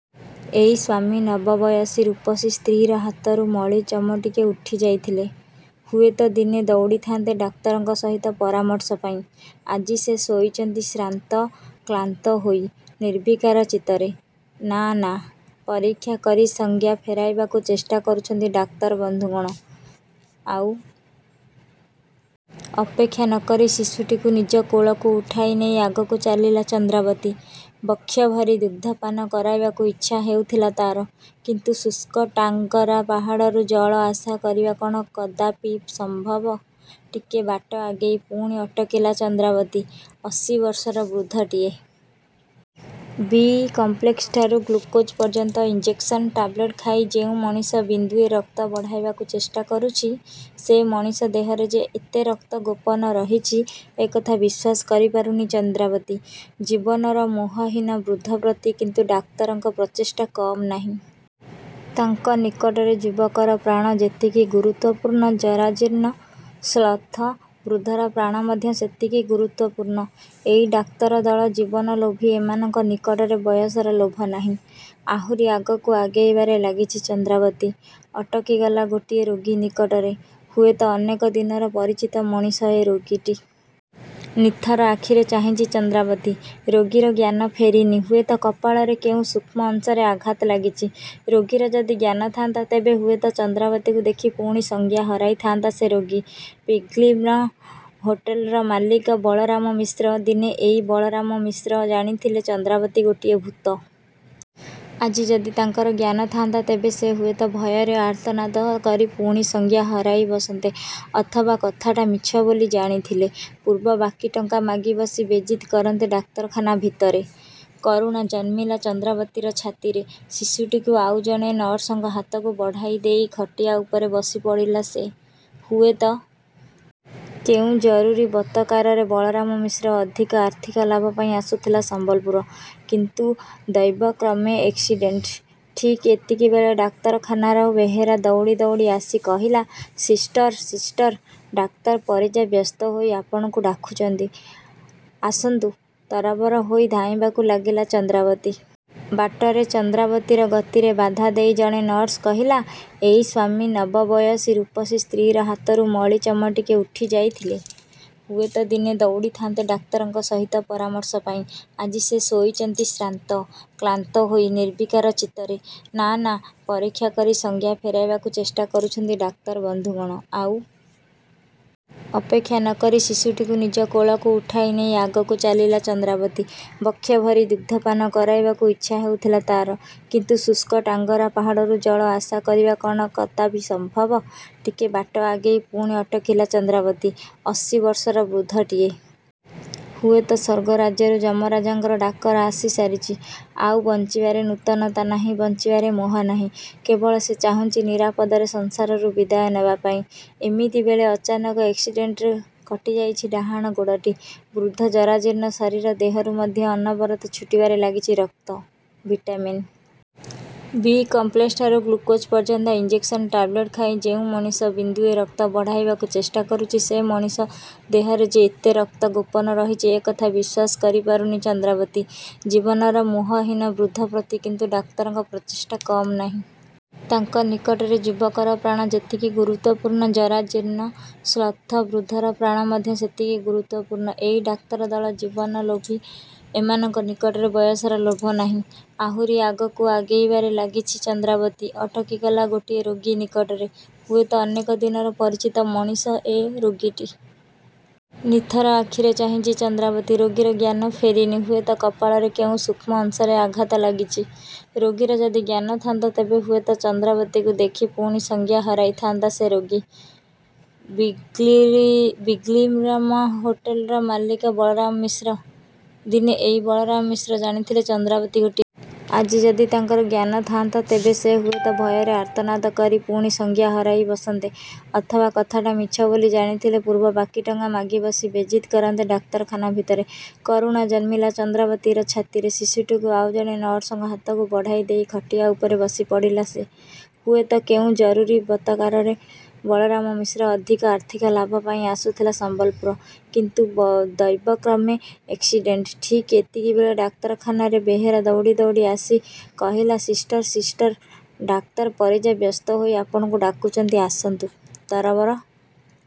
ଏଇ ସ୍ୱାମୀ ନବବୟସୀ ରୂପସୀ ସ୍ତ୍ରୀର ହାତରୁ ମଳି ଚମଟିକେ ଉଠି ଯାଇଥିଲେ ହୁଏତ ଦିନେ ଦୌଡ଼ିଥାନ୍ତେ ଡାକ୍ତରଙ୍କ ସହିତ ପରାମର୍ଶ ପାଇଁ। ଆଜି ସେ ଶୋଇଛନ୍ତି ଶ୍ରାନ୍ତ କ୍ଳାନ୍ତ ହୋଇ ନିର୍ବିକାର ଚିତ୍ତରେ। ନା ନା ପରୀକ୍ଷା କରି ସଂଜ୍ଞା ଫେରାଇବାକୁ ଚେଷ୍ଟା କରୁଛନ୍ତି ଡାକ୍ତର ବନ୍ଧୁଗଣ ଆଉ ଅପେକ୍ଷା ନ କରି ଶିଶୁଟିକୁ ନିଜ କୋଳକୁ ଉଠାଇ ନେଇ ଆଗକୁ ଚାଲିଲା ଚନ୍ଦ୍ରାବତୀ। ବକ୍ଷଭରି ଦୁଗ୍ଧପାନ କରାଇବାକୁ ଇଚ୍ଛା ହେଉଥିଲା ତାର। କିନ୍ତୁ ଶୁଷ୍କ ଟାଙ୍ଗରା ପାହାଡ଼ରୁ ଜଳ ଆଶା କରିବା କଣ କଦାପି ସମ୍ଭବ? ଟିକେ ବାଟ ଆଗେଇ ପୁଣି ଅଟକିଲା ଚନ୍ଦ୍ରାବତୀ। ଅଶୀ ବର୍ଷର ବୃଦ୍ଧଟିଏ। ବି କମ୍ପ୍ଲେକ୍ସଠାରୁ ଗ୍ଲୁକୋଜ ପର୍ଯ୍ୟନ୍ତ ଇଞ୍ଜେକ୍ସନ, ଟାବ୍ଲେଟ ଖାଇ ଯେଉଁ ମଣିଷ ବିନ୍ଦୁଏ ରକ୍ତ ବଢ଼ାଇବାକୁ ଚେଷ୍ଟା କରୁଛି, ସେ ମଣିଷ ଦେହରେ ଯେ ଏତେ ରକ୍ତ ଗୋପନ ରହିଛି ଏ କଥା ବିଶ୍ୱାସ କରିପାରୁନି ଚନ୍ଦ୍ରାବତୀ। ଜୀବନର ମୋହହୀନ ବୃଦ୍ଧ ପ୍ରତି କିନ୍ତୁ ଡାକ୍ତରଙ୍କ ପ୍ରଚେଷ୍ଟା କମ୍ ନାହିଁ। ତାଙ୍କ ନିକଟରେ ଯୁବକର ପ୍ରାଣ ଯେତିକି ଗୁରୁତ୍ୱପୂର୍ଣ୍ଣ, ଜରାଜୀର୍ଣ୍ଣ, ଶ୍ଳଥ ବୃଦ୍ଧର ପ୍ରାଣ ମଧ୍ୟ ସେତିକି ଗୁରୁତ୍ୱପୂର୍ଣ୍ଣ। ଏଇ ଡାକ୍ତର ଦଳ ଜୀବନ ଲୋଭୀ ଏମାନଙ୍କ ନିକଟରେ ବୟସର ଲୋଭ ନାହିଁ। ଆହୁରି ଆଗକୁ ଆଗେଇବାରେ ଲାଗିଛି ଚନ୍ଦ୍ରାବତୀ। ଅଟକିଗଲା ଗୋଟିଏ ରୋଗୀ ନିକଟରେ। ହୁଏତ ଅନେକ ଦିନର ପରିଚିତ ମଣିଷ ଏ ରୋଗୀଟି। ନିଥର ଆଖିରେ ଚାହିଁଛି ଚନ୍ଦ୍ରାବତୀ। ରୋଗୀର ଜ୍ଞାନ ଫେରିନି। ହୁଏତ କପାଳରେ କେଉଁ ସୂକ୍ଷ୍ମ ଅଂଶରେ ଆଘାତ ଲାଗିଛି। ରୋଗୀର ଯଦି ଜ୍ଞାନ ଥାନ୍ତା ତେବେ ହୁଏତ ଚନ୍ଦ୍ରାବତୀକୁ ଦେଖି ପୁଣି ସଂଜ୍ଞା ହରାଇଥାନ୍ତା ସେ ରୋଗୀ। ପିଲ୍ଗ୍ରୀମ ହୋଟେଲର ମାଲିକ ବଳରାମ ମିଶ୍ର। ଦିନେ ଏଇ ବଳରାମ ମିଶ୍ର ଜାଣିଥିଲେ ଚନ୍ଦ୍ରାବତୀ ଗୋଟିଏ ଭୂତ। ଆଜି ଯଦି ତାଙ୍କର ଜ୍ଞାନ ଥାନ୍ତା ତେବେ ସେ ହୁଏତ ଭୟରେ ଆର୍ତ୍ତନାଦ କରି ପୁଣି ସଂଜ୍ଞା ହରାଇ ବସନ୍ତେ ଅଥବା କଥାଟା ମିଛ ବୋଲି ଜାଣିଥିଲେ, ପୂର୍ବ ବାକି ଟଙ୍କା ମାଗି ବସି ବେଜିତ କରନ୍ତେ ଡାକ୍ତରଖାନା ଭିତରେ। କରୁଣା ଜନ୍ମିଲା ଚନ୍ଦ୍ରାବତୀର ଛାତିରେ। ଶିଶୁଟିକୁ ଆଉ ଜଣେ ନର୍ସଙ୍କ ହାତକୁ ବଢ଼ାଇ ଦେଇ ଖଟିଆ ଉପରେ ବସି ପଡ଼ିଲା ସେ। ହୁଏତ କେଉଁ ଜରୁରୀ ବତକାରରେ ବଳରାମ ମିଶ୍ର ଅଧିକ ଆର୍ଥିକ ଲାଭ ପାଇଁ ଆସୁଥିଲା ସମ୍ବଲପୁର। କିନ୍ତୁ ଦୈବକ୍ରମେ ଏକ୍ସିଡେଣ୍ଟ। ଠିକ୍ ଏତିକିବେଳେ ଡାକ୍ତରଖାନାର ବେହେରା ଦୌଡ଼ି ଦୌଡ଼ି ଆସି କହିଲା ସିଷ୍ଟର ସିଷ୍ଟର ଡାକ୍ତର ପରିଜା ବ୍ୟସ୍ତ ହୋଇ ଆପଣଙ୍କୁ ଡାକୁଛନ୍ତି। ଆସନ୍ତୁ। ତରବର ହୋଇ ଧାଇଁବାକୁ ଲାଗିଲା ଚନ୍ଦ୍ରାବତୀ। ବାଟରେ ଚନ୍ଦ୍ରାବତୀର ଗତିରେ ବାଧା ଦେଇ ଜଣେ ନର୍ସ କହିଲା ଏଇ ସ୍ୱାମୀ ନବବୟସୀ ରୂପସୀ ସ୍ତ୍ରୀର ହାତରୁ ମଳି ଚମଟିକେ ଉଠି ଯାଇଥିଲେ ହୁଏତ ଦିନେ ଦୌଡ଼ିଥାନ୍ତେ ଡାକ୍ତରଙ୍କ ସହିତ ପରାମର୍ଶ ପାଇଁ। ଆଜି ସେ ଶୋଇଛନ୍ତି ଶ୍ରାନ୍ତ କ୍ଳାନ୍ତ ହୋଇ ନିର୍ବିକାର ଚିତ୍ତରେ। ନା ନା ପରୀକ୍ଷା କରି ସଂଜ୍ଞା ଫେରାଇବାକୁ ଚେଷ୍ଟା କରୁଛନ୍ତି ଡାକ୍ତର ବନ୍ଧୁଗଣ। ଆଉ ଅପେକ୍ଷା ନ କରି ଶିଶୁଟିକୁ ନିଜ କୋଳକୁ ଉଠାଇ ନେଇ ଆଗକୁ ଚାଲିଲା ଚନ୍ଦ୍ରାବତୀ। ବକ୍ଷଭରି ଦୁଗ୍ଧପାନ କରାଇବାକୁ ଇଚ୍ଛା ହେଉଥିଲା ତାର। କିନ୍ତୁ ଶୁଷ୍କ ଟାଙ୍ଗରା ପାହାଡ଼ରୁ ଜଳ ଆଶା କରିବା କ'ଣ କଦାପି ସମ୍ଭବ? ଟିକେ ବାଟ ଆଗେଇ ପୁଣି ଅଟକିଲା ଚନ୍ଦ୍ରାବତୀ। ଅଶୀ ବର୍ଷର ବୃଦ୍ଧଟିଏ। ହୁଏତ ସ୍ୱର୍ଗ ରାଜ୍ୟରୁ ଯମରାଜଙ୍କର ଡାକରା ଆସି ସାରିଛି। ଆଉ ବଞ୍ଚିବାରେ ନୂତନତା ନାହିଁ ବଞ୍ଚିବାରେ ମୋହ ନାହିଁ। କେବଳ ସେ ଚାହୁଁଛି ନିରାପଦରେ ସଂସାରରୁ ବିଦାୟ ନେବା ପାଇଁ। ଏମିତି ବେଳେ ଅଚାନକ ଏକ୍ସିଡେଣ୍ଟରେ କଟିଯାଇଛି ଡାହାଣ ଗୋଡ଼ଟି। ବୃଦ୍ଧ ଜରାଜୀର୍ଣ୍ଣ ଶରୀର ଦେହରୁ ମଧ୍ୟ ଅନବରତ ଛୁଟିବାରେ ଲାଗିଛି ରକ୍ତ ଭିଟାମିନ ବି କମ୍ପ୍ଲେକ୍ସଠାରୁ ଗ୍ଲୁକୋଜ ପର୍ଯ୍ୟନ୍ତ ଇଞ୍ଜେକ୍ସନ ଟାବ୍ଲେଟ ଖାଇ ଯେଉଁ ମଣିଷ ବିନ୍ଦୁଏ ରକ୍ତ ବଢ଼ାଇବାକୁ ଚେଷ୍ଟା କରୁଛି ସେ ମଣିଷ ଦେହରେ ଯେ ଏତେ ରକ୍ତ ଗୋପନ ରହିଛି ଏ କଥା ବିଶ୍ୱାସ କରିପାରୁନି ଚନ୍ଦ୍ରାବତୀ ଜୀବନର ମୋହହୀନ ବୃଦ୍ଧ ପ୍ରତି କିନ୍ତୁ ଡାକ୍ତରଙ୍କ ପ୍ରଚେଷ୍ଟା କମ୍ ନାହିଁ। ତାଙ୍କ ନିକଟରେ ଯୁବକର ପ୍ରାଣ ଯେତିକି ଗୁରୁତ୍ୱପୂର୍ଣ୍ଣ, ଜରାଜୀର୍ଣ୍ଣ ଶ୍ଳଥ ବୃଦ୍ଧର ପ୍ରାଣ ମଧ୍ୟ ସେତିକି ଗୁରୁତ୍ୱପୂର୍ଣ୍ଣ। ଏଇ ଡାକ୍ତର ଦଳ ଜୀବନ ଲୋଭୀ ଏମାନଙ୍କ ନିକଟରେ ବୟସର ଲୋଭ ନାହିଁ। ଆହୁରି ଆଗକୁ ଆଗେଇବାରେ ଲାଗିଛି ଚନ୍ଦ୍ରାବତୀ। ଅଟକିଗଲା ଗୋଟିଏ ରୋଗୀ ନିକଟରେ। ହୁଏତ ଅନେକ ଦିନର ପରିଚିତ ମଣିଷ ଏ ରୋଗୀଟି। ନିଥର ଆଖିରେ ଚାହିଁଛି ଚନ୍ଦ୍ରାବତୀ। ରୋଗୀର ଜ୍ଞାନ ଫେରିନି। ହୁଏତ କପାଳରେ କେଉଁ ସୂକ୍ଷ୍ମ ଅଂଶରେ ଆଘାତ ଲାଗିଛି। ରୋଗୀର ଯଦି ଜ୍ଞାନ ଥାନ୍ତା ତେବେ ହୁଏତ ଚନ୍ଦ୍ରାବତୀକୁ ଦେଖି ପୁଣି ସଂଜ୍ଞା ହରାଇଥାନ୍ତା ସେ ରୋଗୀ। ପିଲ୍ଗ୍ରୀମ ହୋଟେଲର ମାଲିକ ବଳରାମ ମିଶ୍ର। ଦିନେ ଏଇ ବଳରାମ ମିଶ୍ର ଜାଣିଥିଲେ ଚନ୍ଦ୍ରାବତୀ ଗୋଟିଏ ଆଜି ଯଦି ତାଙ୍କର ଜ୍ଞାନ ଥାନ୍ତା ତେବେ ସେ ହୁଏତ ଭୟରେ ଆର୍ତ୍ତନାଦ କରି ପୁଣି ସଂଜ୍ଞା ହରାଇ ବସନ୍ତେ ଅଥବା କଥାଟା ମିଛ ବୋଲି ଜାଣିଥିଲେ ପୂର୍ବ ବାକି ଟଙ୍କା ମାଗି ବସି ବେଜିତ କରନ୍ତେ ଡାକ୍ତରଖାନା ଭିତରେ। କରୁଣା ଜନ୍ମିଲା ଚନ୍ଦ୍ରାବତୀର ଛାତିରେ। ଶିଶୁଟିକୁ ଆଉ ଜଣେ ନର୍ସଙ୍କ ହାତକୁ ବଢ଼ାଇ ଦେଇ ଖଟିଆ ଉପରେ ବସି ପଡ଼ିଲା ସେ। ହୁଏତ କେଉଁ ଜରୁରୀ ବତକାରରେ ବଳରାମ ମିଶ୍ର ଅଧିକ ଆର୍ଥିକ ଲାଭ ପାଇଁ ଆସୁଥିଲା ସମ୍ବଲପୁର। କିନ୍ତୁ ଦୈବକ୍ରମେ ଏକ୍ସିଡେଣ୍ଟ। ଠିକ୍ ଏତିକିବେଳେ ଡାକ୍ତରଖାନାର ବେହେରା ଦୌଡ଼ି ଦୌଡ଼ି ଆସି କହିଲା ସିଷ୍ଟର ସିଷ୍ଟର ଡାକ୍ତର ପରିଜା ବ୍ୟସ୍ତ ହୋଇ ଆପଣଙ୍କୁ ଡାକୁଛନ୍ତି ଆସନ୍ତୁ। ତରବର